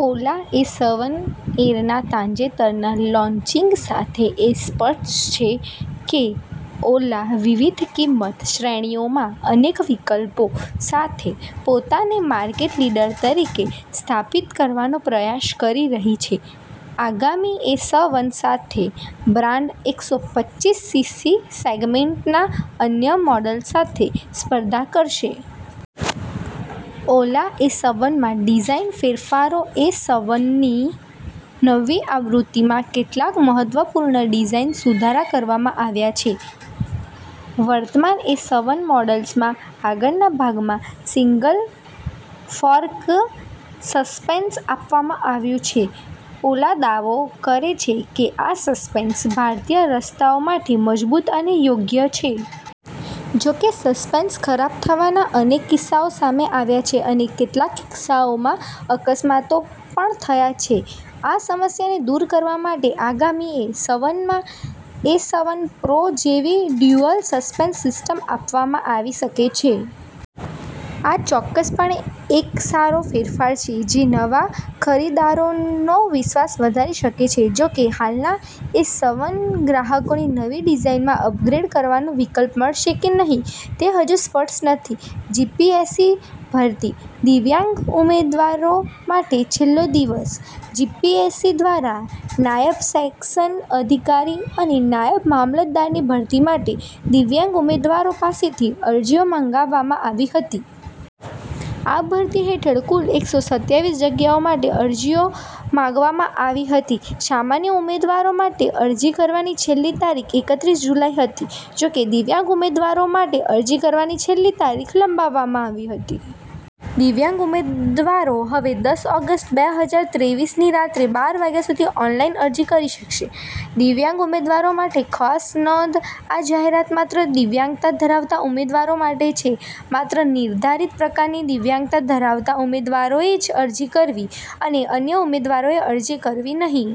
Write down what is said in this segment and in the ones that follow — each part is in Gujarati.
ઓલા એસવન એરના તાજેતરના લોન્ચિંગ સાથે, એ સ્પષ્ટ છે કે ઓલા વિવિધ કિંમત શ્રેણીઓમાં અનેક વિકલ્પો સાથે પોતાને માર્કેટ લીડર તરીકે સ્થાપિત કરવાનો પ્રયાસ કરી રહી છે. આગામી એસવન સાથે, બ્રાન્ડ એકસો પચ્ચીસ સીસી સેગમેન્ટના અન્ય મોડલ્સ સાથે સ્પર્ધા કરશે. ઓલા એસવનમાં ડિઝાઇન ફેરફારો એસવનની નવી આવૃત્તિમાં કેટલાક મહત્વપૂર્ણ ડિઝાઇન સુધારા કરવામાં આવ્યા છે. વર્તમાન એસવન મોડલ્સમાં આગળના ભાગમાં સિંગલ-ફોર્ક સસ્પેન્શન આપવામાં આવ્યું છે. ઓલા દાવો કરે છે કે આ સસ્પેન્શન ભારતીય રસ્તાઓ માટે મજબૂત અને યોગ્ય છે. જોકે, સસ્પેન્શન ખરાબ થવાના અનેક કિસ્સાઓ સામે આવ્યા છે અને કેટલાક કિસ્સાઓમાં અકસ્માતો પણ થયા છે. આ સમસ્યાને દૂર કરવા માટે આગામી એસવનમાં એસવન પ્રો જેવી ડ્યુઅલ સસ્પેન્શન સિસ્ટમ આપવામાં આવી શકે છે. આ ચોક્કસપણે એક સારો ફેરફાર છે, જે નવા ખરીદદારોનો વિશ્વાસ વધારી શકે છે. જોકે, હાલના એસવન ગ્રાહકોને નવી ડિઝાઇનમાં અપગ્રેડ કરવાનો વિકલ્પ મળશે કે નહીં તે હજુ સ્પષ્ટ નથી. જીપીએસસી ભરતી: દિવ્યાંગ ઉમેદવારો માટે છેલ્લો દિવસ જીપીએસસી દ્વારા નાયબ સેક્શન અધિકારી અને નાયબ મામલતદારની ભરતી માટે દિવ્યાંગ ઉમેદવારો પાસેથી અરજીઓ મંગાવવામાં આવી હતી. આ ભરતી હેઠળ કુલ એકસો સત્તાવીસ જગ્યાઓ માટે અરજીઓ મંગાવવામાં આવી હતી. સામાન્ય ઉમેદવારો માટે અરજી કરવાની છેલ્લી તારીખ એકત્રીસ જુલાઈ હતી. જોકે, દિવ્યાંગ ઉમેદવારો માટે અરજી કરવાની છેલ્લી તારીખ લંબાવવામાં આવી હતી. દિવ્યાંગ ઉમેદવારો હવે દસ ઓગસ્ટ બે હજાર તેવીસની રાત્રે બાર વાગ્યા સુધી ઓનલાઈન અરજી કરી શકશે. દિવ્યાંગ ઉમેદવારો માટે ખાસ નોંધ આ જાહેરાત માત્ર દિવ્યાંગતા ધરાવતા ઉમેદવારો માટે છે. માત્ર નિર્ધારિત પ્રકારની દિવ્યાંગતા ધરાવતા ઉમેદવારોએ જ અરજી કરવી અને અન્ય ઉમેદવારોએ અરજી કરવી નહીં.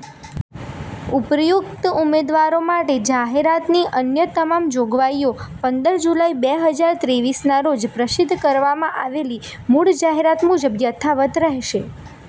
ઉપર્યુક્ત ઉમેદવારો માટે જાહેરાતની અન્ય તમામ જોગવાઈઓ પંદર જુલાઈ બે હજાર તેવીસના રોજ પ્રસિદ્ધ કરવામાં આવેલી મૂળ જાહેરાત મુજબ યથાવત રહેશે.